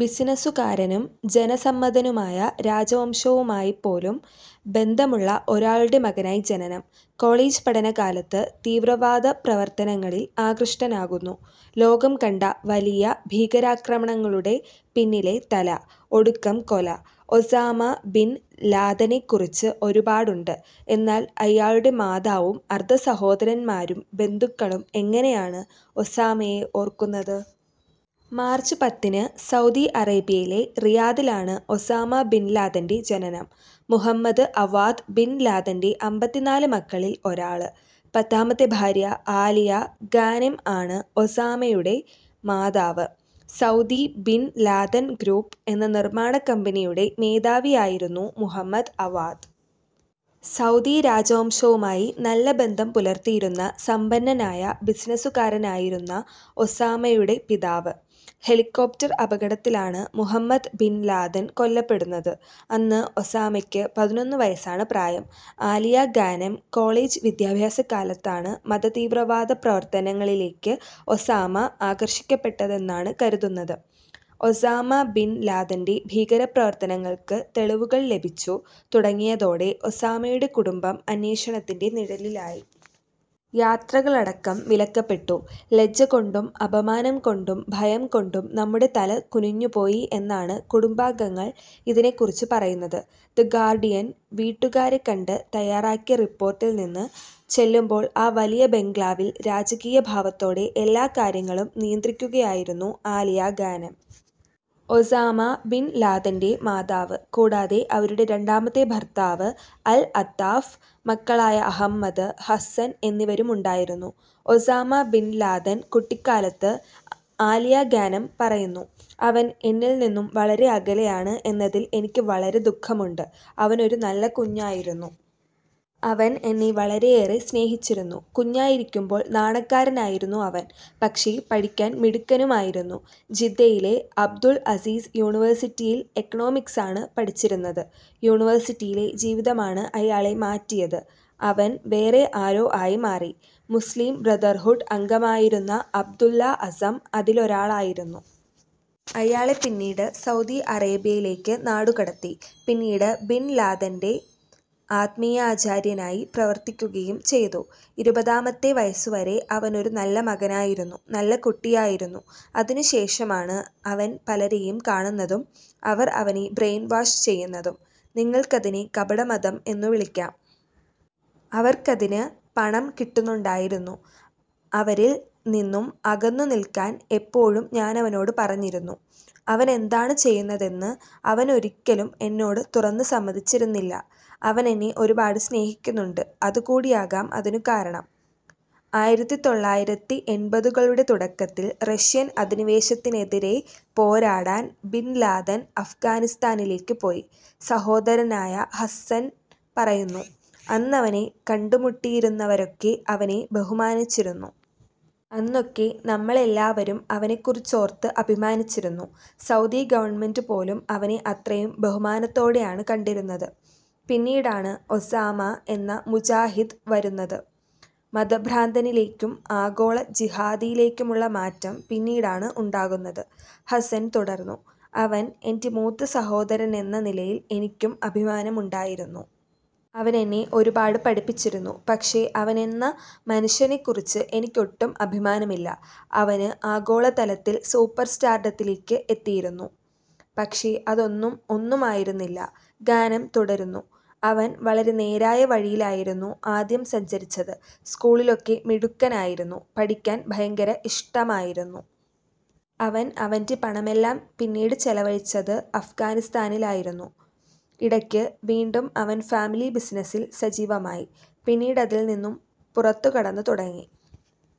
ബിസിനസുകാരനും ജനസമ്മതനുമായ, രാജവംശവുമായിപ്പോലും ബന്ധമുള്ള ഒരാളുടെ മകനായി ജനനം. കോളേജ് പഠന കാലത്ത് തീവ്രവാദ പ്രവർത്തനങ്ങളിൽ ആകൃഷ്ടനാകുന്നു. ലോകം കണ്ട വലിയ ഭീകരാക്രമണങ്ങളുടെ പിന്നിലെ തല. ഒടുക്കം കൊല. ഒസാമ ബിൻ ലാദനെ കുറിച്ച് ഒരുപാടുണ്ട്. എന്നാൽ അയാളുടെ മാതാവും, അർദ്ധ സഹോദരന്മാരും, ബന്ധുക്കളും എങ്ങനെയാണ് ഒസാമയെ ഓർക്കുന്നത്. മാർച്ച് പത്തിന് സൗദി അറേബ്യയിലെ റിയാദിലാണ് ഒസാമ ബിൻലാദന്റെ ജനനം. മുഹമ്മദ് അവാദ് ബിൻ ലാദന്റെ അമ്പതിനാല് മക്കളിൽ ഒരാള്. പത്താമത്തെ ഭാര്യ ആലിയ ഗാനെം ആണ് ഒസാമയുടെ മാതാവ്. ' സൗദി ബിൻ ലാദൻ ഗ്രൂപ്പ് ' എന്ന നിർമ്മാണ കമ്പനിയുടെ മേധാവിയായിരുന്നു മുഹമ്മദ് അവാദ്. സൗദി രാജവംശവുമായി നല്ല ബന്ധം പുലർത്തിയിരുന്ന സമ്പന്നനായ ബിസിനസ്സുകാരനായിരുന്ന ഒസാമയുടെ പിതാവ്. ഹെലികോപ്റ്റർ അപകടത്തിലാണ് മുഹമ്മദ് ബിൻ ലാദൻ കൊല്ലപ്പെടുന്നത്. അന്ന് ഒസാമയ്ക്ക് പതിനൊന്ന് വയസാണ് പ്രായം. ആലിയ ഗാനെം കോളേജ് വിദ്യാഭ്യാസ കാലത്താണ് മതതീവ്രവാദ പ്രവർത്തനങ്ങളിലേക്ക് ഒസാമ ആകർഷിക്കപ്പെട്ടതെന്നാണ് കരുതുന്നത്. ഒസാമ ബിൻ ലാദന്റെ ഭീകരപ്രവര്ത്തനങ്ങൾക്ക് തെളിവുകൾ ലഭിച്ചു തുടങ്ങിയതോടെ ഒസാമയുടെ കുടുംബം അന്വേഷണത്തിന്റെ നിഴലിലായി. യാത്രകളടക്കം വിലക്കപ്പെട്ടു. ' ലജ്ജ കൊണ്ടും അപമാനം കൊണ്ടും ഭയം കൊണ്ടും നമ്മുടെ തല കുനിഞ്ഞുപോയി ' എന്നാണ് കുടുംബാംഗങ്ങൾ ഇതിനെക്കുറിച്ച് പറയുന്നത്. ' ദ ഗാർഡിയൻ ' വീട്ടുകാരെ കണ്ട് തയ്യാറാക്കിയ റിപ്പോർട്ടിൽ നിന്ന്. ചെല്ലുമ്പോൾ, ആ വലിയ ബംഗ്ലാവിൽ രാജകീയ ഭാവത്തോടെ എല്ലാ കാര്യങ്ങളും നിയന്ത്രിക്കുകയായിരുന്നു ആലിയ ഗാനെം. ഒസാമ ബിൻ ലാദന്റെ മാതാവ്. കൂടാതെ അവരുടെ രണ്ടാമത്തെ ഭർത്താവ് അൽ -അത്താഫ്, മക്കളായ അഹമ്മദ്, ഹസ്സൻ എന്നിവരുമുണ്ടായിരുന്നു. ഒസാമ ബിന് ലാദൻ കുട്ടിക്കാലത്ത് ആലിയ ഗാനെം പറയുന്നു, '' അവൻ എന്നിൽ നിന്നും വളരെ അകലെയാണ് എന്നതിൽ എനിക്ക് വളരെ ദുഖമുണ്ട്. അവനൊരു നല്ല കുഞ്ഞായിരുന്നു. അവൻ എന്നെ വളരെയേറെ സ്നേഹിച്ചിരുന്നു. കുഞ്ഞായിരിക്കുമ്പോൾ നാണക്കാരനായിരുന്നു അവൻ. പക്ഷെ, പഠിക്കാൻ മിടുക്കനുമായിരുന്നു. ജിദ്ദയിലെ അബ്ദുള് അസീസ് യൂണിവേഴ്സിറ്റിയിൽ എക്കണോമിക്സാണ് പഠിച്ചിരുന്നത്. യൂണിവേഴ്സിറ്റിയിലെ ജീവിതമാണ് അയാളെ മാറ്റിയത്. അവൻ വേറെ ആരോ ആയി മാറി. '' മുസ്ലിം ബ്രദർഹുഡ് അംഗമായിരുന്ന അബ്ദുല്ല അസ്സം അതിലൊരാളായിരുന്നു. അയാളെ പിന്നീട് സൗദി അറേബ്യയിലേക്ക് നാടുകടത്തി. പിന്നീട് ബിൻ ലാദന്റെ ആത്മീയാചാര്യനായി പ്രവർത്തിക്കുകയും ചെയ്തു. '' ഇരുപതാമത്തെ വയസുവരെ അവനൊരു നല്ല മകനായിരുന്നു. നല്ല കുട്ടിയായിരുന്നു. അതിനു ശേഷമാണ് അവൻ പലരേയും കാണുന്നതും അവർ അവനെ ബ്രെയിൻ വാഷ് ചെയ്യുന്നതും. നിങ്ങൾക്കതിനെ കപടമതം എന്നു വിളിക്കാം. അവർക്കതിന് പണം കിട്ടുന്നുണ്ടായിരുന്നു. അവരിൽ നിന്നും അകന്നുനിൾക്കാൻ എപ്പോഴും ഞാനവനോട് പറഞ്ഞിരുന്നു. അവനെന്താണ് ചെയ്യുന്നതെന്ന് അവനൊരിക്കലും എന്നോട് തുറന്നു സമ്മതിച്ചിരുന്നില്ല. അവനെന്നെ ഒരുപാട് സ്നേഹിക്കുന്നുണ്ട്. അതുകൂടിയാകാം അതിനു കാരണം. ആയിരത്തിതൊള്ളായിരത്തിഎമ്പതുകളുടെ തുടക്കത്തിൽ റഷ്യൻ അധിനിവേശത്തിനെതിരെ പോരാടാൻ ബിൻലാദൻ അഫ്ഗാനിസ്ഥാനിലേക്ക് പോയി. സഹോദരനായ ഹസ്സന് പറയുന്നു. '' അന്നവനെ കണ്ടുമുട്ടിയിരുന്നവരൊക്കെ അവനെ ബഹുമാനിച്ചിരുന്നു. അന്നൊക്കെ നമ്മളെല്ലാവരും അവനെക്കുറിച്ചോർത്തു അഭിമാനിച്ചിരുന്നു. സൗദി ഗവണ്മെന്റ് പോലും അവനെ അത്രയും ബഹുമാനത്തോടെയാണ് കണ്ടിരുന്നത്. പിന്നീടാണ് ഒസാമ എന്ന മുജാഹിദ് വരുന്നത്. '' മതഭ്രാന്തനിലേക്കും ആഗോള ജിഹാദിയിലേക്കുമുള്ള മാറ്റം പിന്നീടാണ് ഉണ്ടാകുന്നത്. ഹസ്സൻ തുടർന്നു. '' അവൻ എന്റെ മൂത്ത സഹോദരനെന്ന നിലയിൽ എനിക്കും അഭിമാനമുണ്ടായിരുന്നു. അവനെന്നെ ഒരുപാട് പഠിപ്പിച്ചിരുന്നു. പക്ഷെ, അവനെന്ന മനുഷ്യനെ കുറിച്ച് എനിക്ക് ഒട്ടും അഭിമാനമില്ല. അവന് ആഗോളതലത്തിൽ സൂപ്പർ സ്റ്റാർഡത്തിലേക്ക് എത്തിയിരുന്നു. പക്ഷെ, അതൊന്നും ഒന്നുമായിരുന്നില്ല. '' ഗാനെം തുടരുന്നു. '' അവൻ വളരെ നേരായ വഴിയിലായിരുന്നു ആദ്യം സഞ്ചരിച്ചത്. സ്കൂളിലൊക്കെ മിടുക്കനായിരുന്നു. പഠിക്കാൻ ഭയങ്കര ഇഷ്ടമായിരുന്നു. അവൻ അവന്റെ പണമെല്ലാം പിന്നീട് ചെലവഴിച്ചത് അഫ്ഗാനിസ്ഥാനിലായിരുന്നു. ഇയട്ക്ക് വീണ്ടും അവൻ ഫാമിലി ബിസിനസിൽ സജീവമായി. പിന്നീടതില് നിന്നും പുറത്തുകടന്നു തുടങ്ങി.